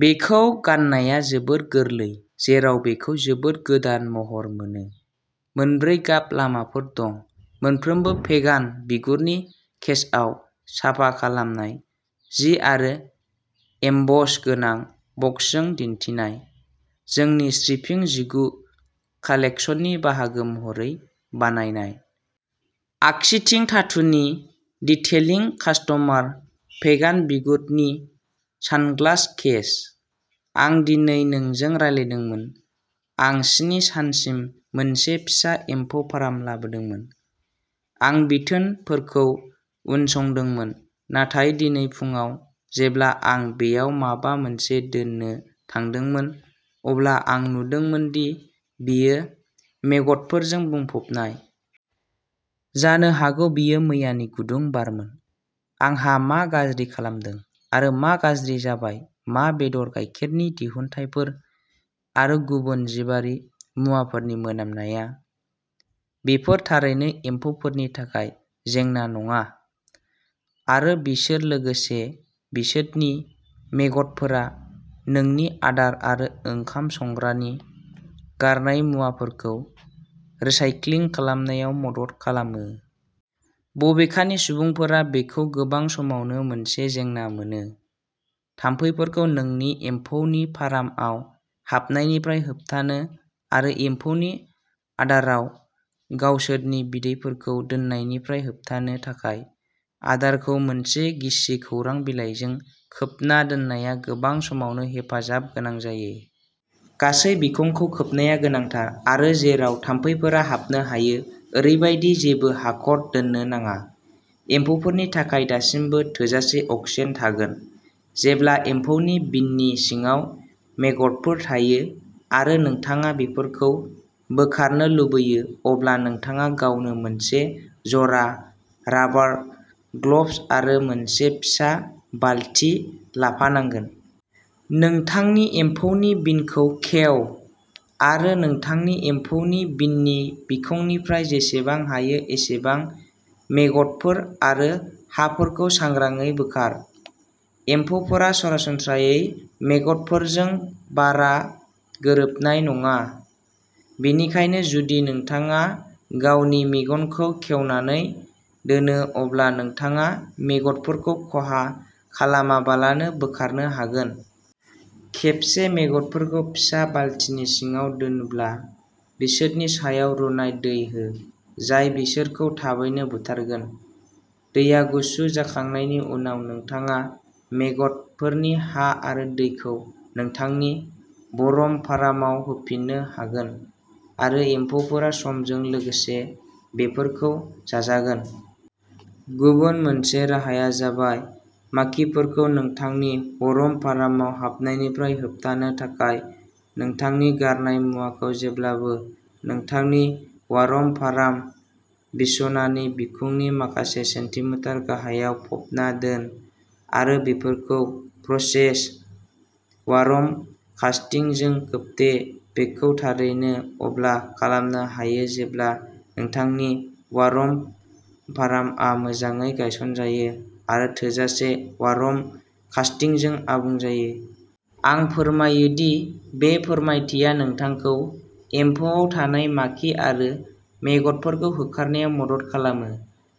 बेखौ गाननाया जोबोद गोरलै जेराव बेखौ जोबोद गोदान महर मोनो। मोनब्रै गाब लामाफोर दं मोनफ्रोमबो भेगान बिगुरनि केसआव साफा खालामनाय जि आरो एमबस गोनां बक्सजों दिन्थिनाय। जोंनि स्प्रिं जिगु कालेक्सननि बाहागो महरै बानायनाय। आगसिथिं धातुनि डिटेइलिं कास्टमार भेगान बिगुरनि सानग्लास केस। आं दिनै नोंजों रायज्लायदोंमोन आं स्नि सानसिम मोनसे फिसा एम्फौ फार्म लादोंमोन। आं बिथोनफोरखौ उनसंदोंमोन नाथाय दिनै फुंआव जेब्ला आं बेयाव माबा मोनसे दोन्नो थांदोंमोन अब्ला आं नुदोंमोन दि बेयो मेगटफोरजों बुंफबनाय। जानो हागौ बेयो मैयानि गुदुं बारमोन। आंहा मा गाज्रि खालामदों आरो मा गाज्रि जाबाय मा बेदर गायखेरनि दिहुनथायफोर आरो गुबुन जिबारि मुवाफोरनि मोनामनाया। बेफोर थारैनो एम्फौफोरनि थाखाय जेंना नङा आरो बिसोर लोगोसे बिसोरनि मेगटफोरा नोंनि आदार आरो ओंखाम संग्रानि गारनाय मुवाफोरखौ रिसाइक्लिं खालामनायाव मदद खालामो। बबेखानि सुबुंफोरा बेखौ गोबां समावनो मोनसे जेंना मोनो। थाम्फैफोरखौ नोंनि एम्फौनि फार्मआव हाबनायनिफ्राय होबथानो आरो एम्फौनि आदाराव गावसोरनि बिदैफोरखौ दोननायनिफ्राय होबथानो थाखाय आदारखौ मोनसे गिसि खौरां बिलाइजों खोबना दोननाया गोबां समावनो हेफाजाब गोनां जायो। गासै बिखंखौ खोबनाया गोनांथार आरो जेराव थाम्फैफोरा हाबनो हायो ओरैबायदि जेबो हाखर दोननो नाङा। एम्फौफोरनि थाखाय दासिमबो थोजासे अक्सिजेन थागोन। जेब्ला एम्फौनि बिननि सिङाव मेगटफोर थायो आरो नोंथाङा बेफोरखौ बोखारनो लुबैयो अब्ला नोंथाङा गावनो मोनसे जरा राबार ग्लब्स आरो मोनसे फिसा बालति लाफानांगोन। नोंथांनि एम्फौनि बिनखौ खेव आरो नोंथांनि एम्फौनि बिननि बिखंनिफ्राय जेसेबां हायो एसेबां मेगटफोर आरो हाफोरखौ सांग्राङै बोखार। एम्फौफोरा सरासनस्रायै मेग'टफोरजों बारा गोरोबनाय नङा बेनिखायनो जुदि नोंथाङा गावनि मेगनखौ खेवनानै दोनो अब्ला नोंथाङा मेग'टफोरखौ खहा खालामाबालानो बोखारनो हागोन। खेबसे मेग'टफोरखौ फिसा बालतिनि सिङाव दोनब्ला बिसोरनि सायाव रुनाय दै हो जाय बिसोरखौ थाबैनो बुथारगोन। दैया गुसु जाखांनायनि उनाव नोंथाङा मेग'टफोरनि हा आरो दैखौ नोंथांनि वर्म फार्माव होफिननो हागोन आरो एम्फौफोरा समजों लोगोसे बेफोरखौ जाजागोन। गुबुन मोनसे राहाया जाबाय माखिफोरखौ नोंथांनि वर्म फार्मआव हाबनायनिफ्राय होबथानो थाखाय नोंथांनि गारनाय मुवाखौ जेब्लाबो नोंथांनि वार्म फार्म बिसनानि बिखंनि माखासे सेन्टिमिटार गाहायाव फबना दोन आरो बेफोरखौ प्रसेसड वर्म कास्टिं जों खोबथे। बेखौ थारैनो अब्ला खालामनो हायो जेब्ला नोंथांनि वर्म फार्मआ मोजाङै गायसनजायो आरो थोजासे वर्म कास्टिंजों आबुं जायो। आं फोरमायोदि बे फोरमायथिया नोंथांखौ एम्फौआव थानाय माखि आरो मेग'टफोरखौ होखारनायाव मदद खालामो।